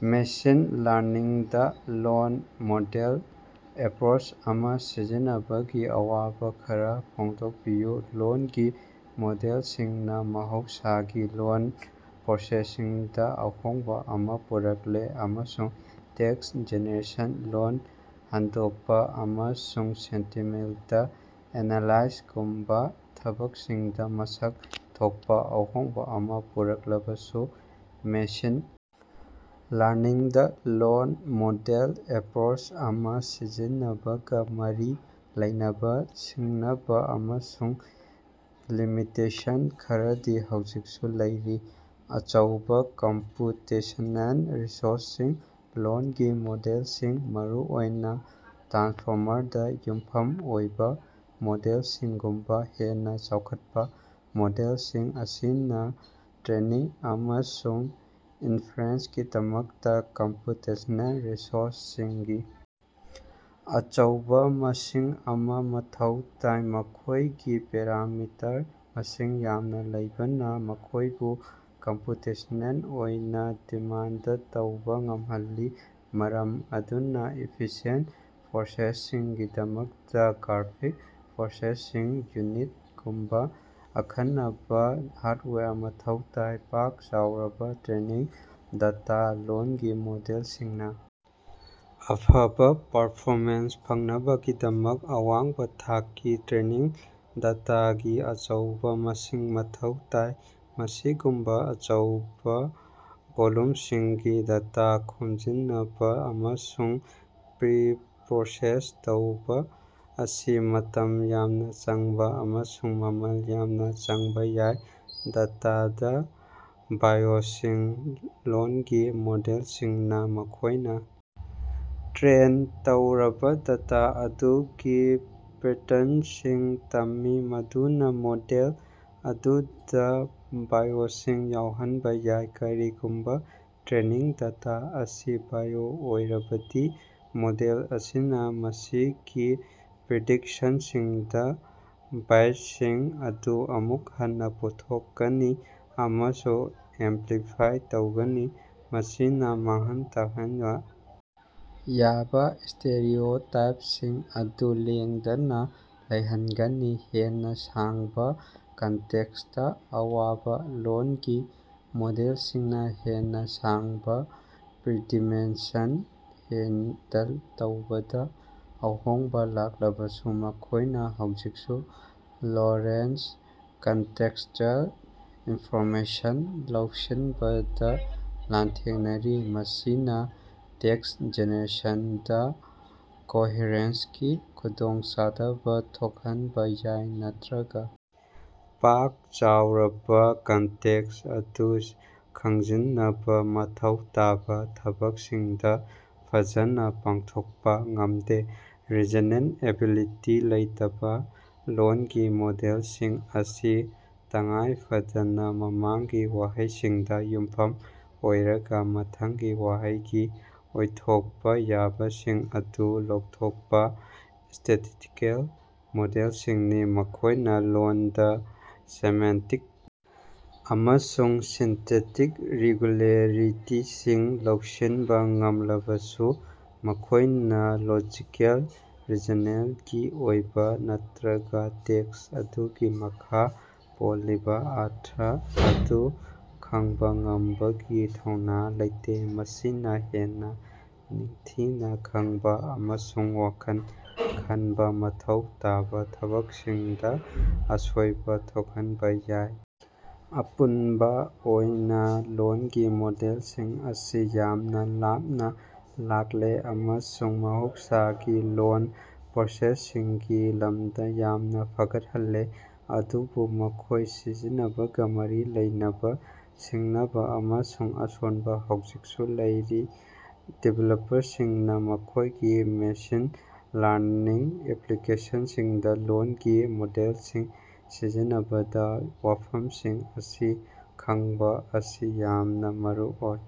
Machine ꯂꯔꯅꯤꯡꯗꯥ ꯂꯣꯜ model approach ꯑꯃꯥ ꯁꯤꯖꯤꯟꯅꯕꯒꯤ ꯑꯋꯥꯕꯥ ꯈꯔꯥ ꯐꯣꯡꯗꯣꯛꯄꯤꯌꯨ꯫ ꯂꯣꯜꯒꯤ ꯃꯣꯗꯦꯜꯁꯤꯡꯅꯥ ꯃꯍꯧꯁꯥꯒꯤ ꯂꯣꯜ ꯄ꯭ꯔꯣꯁꯦꯁꯤꯡꯗꯥ ꯑꯍꯣꯡꯕꯥ ꯑꯃꯥ ꯄꯨꯔꯛꯂꯦ ꯑꯃꯁꯨꯡ ꯇꯦꯛꯁ ꯖꯦꯅꯦꯔꯦꯁꯟ, ꯂꯣꯜ ꯍꯟꯗꯣꯀꯄꯥ, ꯑꯃꯁꯨꯡ ꯁꯦꯟꯇꯤꯃꯦꯟꯇ ꯑꯦꯅꯥꯂꯥꯏꯁꯤꯁꯒꯨꯝꯕꯥ ꯊꯕꯛꯁꯤꯡꯗꯥ ꯃꯁꯛ ꯊꯣꯀꯄꯥ ꯑꯍꯣꯡꯕꯥ ꯑꯃꯥ ꯄꯨꯔꯛꯂꯕꯁꯨ, ꯃꯦꯁꯤꯟ ꯂꯔꯅꯤꯡꯗꯥ ꯂꯣꯜ ꯃꯣꯗꯦꯜ ꯑꯦꯄ꯭ꯔꯣꯆ ꯑꯃꯥ ꯁꯤꯖꯤꯟꯅꯕꯒꯥ ꯃꯔꯤ ꯂꯩꯅꯕꯥ ꯁꯤꯡꯅꯕꯥ ꯑꯃꯁꯨꯡ ꯂꯤꯃꯤꯇꯦꯁꯟ ꯈꯔꯗꯤ ꯍꯧꯖꯤꯛꯁꯨ ꯂꯩꯔꯤ꯫ ꯑꯆꯧꯕꯥ ꯀꯝꯄ꯭ꯌꯨꯇꯦꯁ꯭ꯅꯦꯜ ꯔꯤꯁꯣꯔꯁꯁꯤꯡ: ꯂꯣꯜꯒꯤ ꯃꯣꯗꯦꯜꯁꯤꯡ, ꯃꯔꯨꯑꯣꯏꯅꯥ ꯇ꯭ꯔꯥꯟꯁꯐꯣꯔꯃꯔꯗꯥ ꯌꯨꯝꯐꯝ ꯑꯣꯏꯕꯥ ꯃꯣꯗꯦꯜꯁꯤꯡꯒꯨꯝꯕꯥ ꯍꯦꯟꯅꯥ ꯆꯥꯎꯈꯠꯄꯥ ꯃꯣꯗꯦꯜꯁꯤꯡ ꯑꯁꯤꯅꯥ ꯇ꯭ꯔꯦꯅꯤꯡ ꯑꯃꯁꯨꯡ ꯏꯟꯐ꯭ꯔꯦꯟ꯭ꯁꯀꯤꯗꯃꯛꯇꯥ ꯀꯝꯄ꯭ꯌꯨꯇꯦꯁ꯭ꯅꯦꯜ ꯔꯤꯁꯣꯔꯁꯁꯤꯡꯒꯤ ꯑꯆꯧꯕꯥ ꯃꯁꯤꯡ ꯑꯃꯥ ꯃꯊꯧ ꯇꯥꯏ꯫ ꯃꯈꯣꯌꯒꯤ ꯄꯦꯔꯥꯃꯤꯇꯔ ꯃꯁꯤꯡ ꯌꯥꯝꯅꯥ ꯂꯩꯕꯅꯥ ꯃꯈꯣꯏꯕꯨ ꯀꯝꯄꯌꯨꯇꯦꯁ꯭ꯅꯦꯜ ꯑꯣꯏꯅꯥ ꯗꯤꯃꯥꯟꯗ ꯇꯧꯕꯥ ꯉꯝꯍꯜꯂꯤ, ꯃꯔꯝ ꯑꯗꯨꯅꯥ ꯏꯐꯤꯁꯤꯌꯦꯟꯠ ꯄ꯭ꯔꯣꯁꯦꯁꯤꯡꯒꯤꯗꯃꯛꯇꯥ ꯈ꯭ꯔꯐꯤꯛ ꯄ꯭ꯔꯣꯁꯦꯁꯤꯡ ꯌꯨꯅꯤꯠ ꯒꯨꯝꯕꯥ ꯑꯈꯟꯅꯕꯥ ꯍꯥꯔꯗꯋꯦꯌꯔ ꯃꯊꯧ ꯇꯥꯏ꯫ ꯄꯥꯛ-ꯆꯥꯎꯔꯕꯥ ꯇ꯭ꯔꯦꯅꯤꯡ ꯗꯦꯇꯥ: ꯂꯣꯜꯒꯤ ꯃꯣꯗꯦꯜꯁꯤꯡꯅꯥ ꯑꯐꯕꯥ ꯄꯔꯐꯣꯃꯦꯟꯁ ꯐꯪꯅꯕꯒꯤꯗꯃꯛ ꯑꯋꯥꯡꯕꯥ ꯊꯥꯛꯀꯤ ꯇ꯭ꯔꯦꯅꯤꯡ ꯗꯦꯇꯥꯒꯤ ꯑꯆꯧꯕꯥ ꯃꯁꯤꯡ ꯃꯊꯧ ꯇꯥꯏ꯫ ꯑꯁꯤꯒꯨꯝꯕꯥ ꯑꯆꯧꯕꯥ ꯚꯣꯜꯌꯨꯝꯁꯤꯡꯒꯤ ꯗꯦꯇꯥ ꯈꯣꯝꯖꯤꯅꯕꯥ ꯑꯃꯁꯨꯡ ꯄ꯭ꯔꯤꯄ꯭ꯔꯣꯁꯦꯁ ꯇꯧꯕꯥ ꯑꯁꯤ ꯃꯇꯝ ꯌꯥꯝꯅꯥ ꯆꯪꯕꯥ ꯑꯃꯁꯨꯡ ꯃꯃꯜ ꯌꯥꯝꯅꯥ ꯆꯪꯕꯥ ꯌꯥꯏ꯫ ꯗꯦꯇꯥꯗꯥ ꯕꯥꯏꯑ‌ꯣꯁꯤꯡ: ꯂꯣꯜꯒꯤ ꯃꯣꯗꯦꯜꯁꯤꯡꯅꯥ ꯃꯈꯣꯏꯅꯥ ꯇ꯭ꯔꯦꯟ ꯇꯧꯔꯕꯥ ꯗꯦꯇꯥ ꯑꯗꯨꯗꯒꯤ ꯄꯦꯇꯔꯅꯁꯤꯡ ꯇꯝꯃꯤ, ꯃꯗꯨꯅꯥ ꯃꯣꯗꯦꯜ ꯑꯗꯨꯗꯥ ꯕꯥꯏꯑ‌ꯣꯁꯤꯡ ꯌꯥꯎꯍꯟꯕꯥ ꯌꯥꯏ꯫ ꯀꯔꯤꯒꯨꯝꯕꯥ ꯇ꯭ꯔꯦꯅꯤꯡ ꯗꯦꯇꯥ ꯑꯁꯤ ꯕꯥꯏꯑꯦꯖ ꯑꯣꯏꯔꯕꯗꯤ, ꯃꯣꯗꯦꯜ ꯑꯁꯤꯅꯥ ꯃꯁꯤꯒꯤ ꯄ꯭ꯔꯤꯗꯤꯛꯁꯟꯁꯤꯡꯗꯥ ꯕꯥꯏꯁꯁꯤꯡ ꯑꯗꯨ ꯑꯃꯨꯛ ꯍꯟꯅꯥ ꯄꯨꯊꯣꯛꯀꯅꯤ ꯑꯃꯁꯨꯡ ꯑꯦꯝꯄ꯭ꯂꯤꯐꯥꯏ ꯇꯧꯒꯅꯤ, ꯃꯁꯤꯅꯥ ꯃꯥꯡꯍꯟ ꯇꯥꯛꯍꯟꯕꯥ ꯌꯥꯕꯥ ꯁ꯭ꯇꯦꯔꯤꯑꯣꯇꯥꯏꯞꯁꯤꯡ ꯑꯗꯨ ꯂꯦꯡꯗꯅꯥ ꯂꯩꯍꯟꯒꯅꯤ꯫ ꯍꯦꯟꯅꯥ ꯁꯥꯡꯕꯥ ꯀꯟꯇꯦꯛꯁꯇꯥ ꯑꯋꯥꯕꯥ: ꯂꯣꯜꯒꯤ ꯃꯣꯗꯦꯜꯁꯤꯡꯅꯥ ꯍꯦꯟꯅꯥ ꯁꯥꯡꯕꯥ ꯗꯤꯄꯦꯟꯗꯦꯟ꯭ꯁꯁꯤꯡ ꯍꯦꯟꯗꯜ ꯇꯧꯕꯗꯥ ꯑꯍꯣꯡꯕꯥ ꯂꯥꯛꯂꯕꯁꯨ, ꯃꯈꯣꯏꯅꯥ ꯍꯧꯖꯤꯛꯁꯨ ꯂꯣꯡ-ꯔꯦꯟꯖ ꯀꯟꯇꯦꯛ꯭ꯁꯆꯨꯑꯦꯜ ꯏꯅꯐꯣꯔꯃꯦꯁꯟ ꯂꯧꯁꯤꯟꯕꯗꯥ ꯂꯥꯟꯊꯦꯡꯅꯔꯤ꯫ ꯃꯁꯤꯅꯥ ꯇꯦꯛꯁ ꯖꯦꯅꯦꯔꯦꯁꯟꯗꯥ ꯀꯣꯍꯔꯦꯟꯁꯀꯤ ꯈꯨꯗꯣꯡ ꯆꯗꯕꯊꯣꯛꯍꯟꯕꯥ ꯌꯥꯏ ꯅꯠꯇ꯭ꯔꯒꯥ ꯄꯥꯛ-ꯆꯥꯎꯔꯕꯥ ꯀꯟꯇꯦꯛ꯭ꯁ ꯑꯗꯨ ꯈꯪꯖꯤꯅꯕꯥ ꯃꯊꯧ ꯇꯥꯕꯥ ꯊꯕꯛꯁꯤꯡꯗꯥ ꯐꯖꯅꯥ ꯄꯥꯡꯊꯣꯛꯄꯥ ꯉꯝꯗꯦ꯫ ꯔꯤꯖꯅꯦꯜ ꯑꯦꯕꯤꯂꯤꯇꯤ ꯂꯩꯇꯕꯥ: ꯂꯣꯜꯒꯤ ꯃꯣꯗꯦꯜꯁꯤꯡ ꯑꯁꯤ ꯇꯉꯥꯏ ꯐꯗꯅꯥ ꯃꯃꯥꯡꯒꯤ ꯋꯥꯍꯩꯁꯤꯡꯗꯥ ꯌꯨꯝꯐꯝ ꯑꯣꯏꯔꯒꯥ ꯃꯊꯪꯒꯤ ꯋꯥꯍꯩꯒꯤ ꯑꯣꯏꯊꯣꯛꯄꯥ ꯌꯥꯕꯁꯤꯡ ꯑꯗꯨ ꯂꯥꯎꯊꯣꯛꯄꯥ ꯁ꯭ꯇꯦꯇꯤꯁꯇꯤꯀꯦꯜ ꯃꯣꯗꯦꯜꯁꯤꯡꯅꯤ꯫ ꯃꯈꯣꯏꯅꯥ ꯂꯣꯟꯗꯥ ꯁꯦꯃꯦꯟꯇꯤꯛ ꯑꯃꯁꯨꯡ ꯁꯤꯟꯇꯦꯛꯇꯤꯛ ꯔꯦꯒꯨꯂꯦꯔꯤꯇꯤꯁꯤꯡ ꯂꯧꯁꯤꯟꯕꯥ ꯉꯝꯂꯕꯁꯨ, ꯃꯈꯣꯏꯅꯥ ꯂꯣꯖꯤꯀꯦꯜ ꯔꯤꯖꯅꯦꯜꯒꯤ ꯑꯣꯏꯕꯥ ꯅꯠꯇ꯭ꯔꯒꯥ ꯇꯦꯛꯁ ꯑꯗꯨꯒꯤ ꯃꯈꯥ ꯄꯣꯜꯂꯤꯕꯥ ꯑꯔꯊ ꯑꯗꯨ ꯈꯡꯕꯥ ꯉꯝꯕꯒꯤ ꯊꯧꯅꯥ ꯂꯩꯇꯦ꯫ ꯃꯁꯤꯅꯥ ꯍꯦꯟꯅꯥ ꯅꯤꯡꯊꯤꯅꯥ ꯈꯡꯕꯥ ꯑꯃꯁꯨꯡ ꯋꯥꯈꯜ ꯈꯟꯕꯥ ꯃꯊꯧ ꯇꯥꯕꯥ ꯊꯕꯛꯁꯤꯡꯗꯥ ꯑꯁꯣꯏꯕꯥ ꯊꯣꯛꯍꯟꯕꯥ ꯌꯥꯏ꯫ ꯑꯄꯨꯟꯕꯥ ꯑꯣꯏꯅꯥ, ꯂꯣꯜꯒꯤ ꯃꯣꯗꯦꯜꯁꯤꯡ ꯑꯁꯤ ꯌꯥꯝꯅꯥ ꯂꯥꯞꯅꯥ ꯂꯥꯛꯂꯦ ꯑꯃꯁꯨꯡ ꯃꯍꯧꯁꯥꯒꯤ ꯂꯣꯜ ꯄ꯭ꯔꯣꯁꯦꯁꯤꯡꯒꯤ ꯂꯝꯗꯥ ꯌꯥꯝꯅꯥ ꯐꯒꯠꯍꯜꯂꯦ, ꯑꯗꯨꯕꯨ ꯃꯈꯣꯏ ꯁꯤꯖꯤꯟꯅꯕꯒꯥ ꯃꯔꯤ ꯂꯩꯅꯕꯥ ꯁꯤꯡꯅꯕꯥ ꯑꯃꯁꯨꯡ ꯑꯁꯣꯟꯕ ꯍꯧꯖꯤꯛꯁꯨ ꯂꯩꯔꯤ꯫ ꯗꯤꯕꯦꯂꯞꯄꯔꯁꯤꯡꯅꯥ ꯃꯈꯣꯏꯒꯤ ꯃꯦꯁꯤꯟ ꯂꯔꯅꯤꯡ ꯑꯦꯄꯂꯤꯀꯦꯁꯟꯁꯤꯡꯗꯥ ꯂꯣꯜꯒꯤ ꯃꯣꯗꯦꯜꯁꯤꯡ ꯁꯤꯖꯤꯟꯅꯕꯗꯥ ꯋꯥꯐꯝꯁꯤꯡ ꯑꯁꯤ ꯈꯡꯕꯥ ꯑꯁꯤ ꯌꯥꯝꯅꯥ ꯃꯔꯨꯑꯣꯏ꯫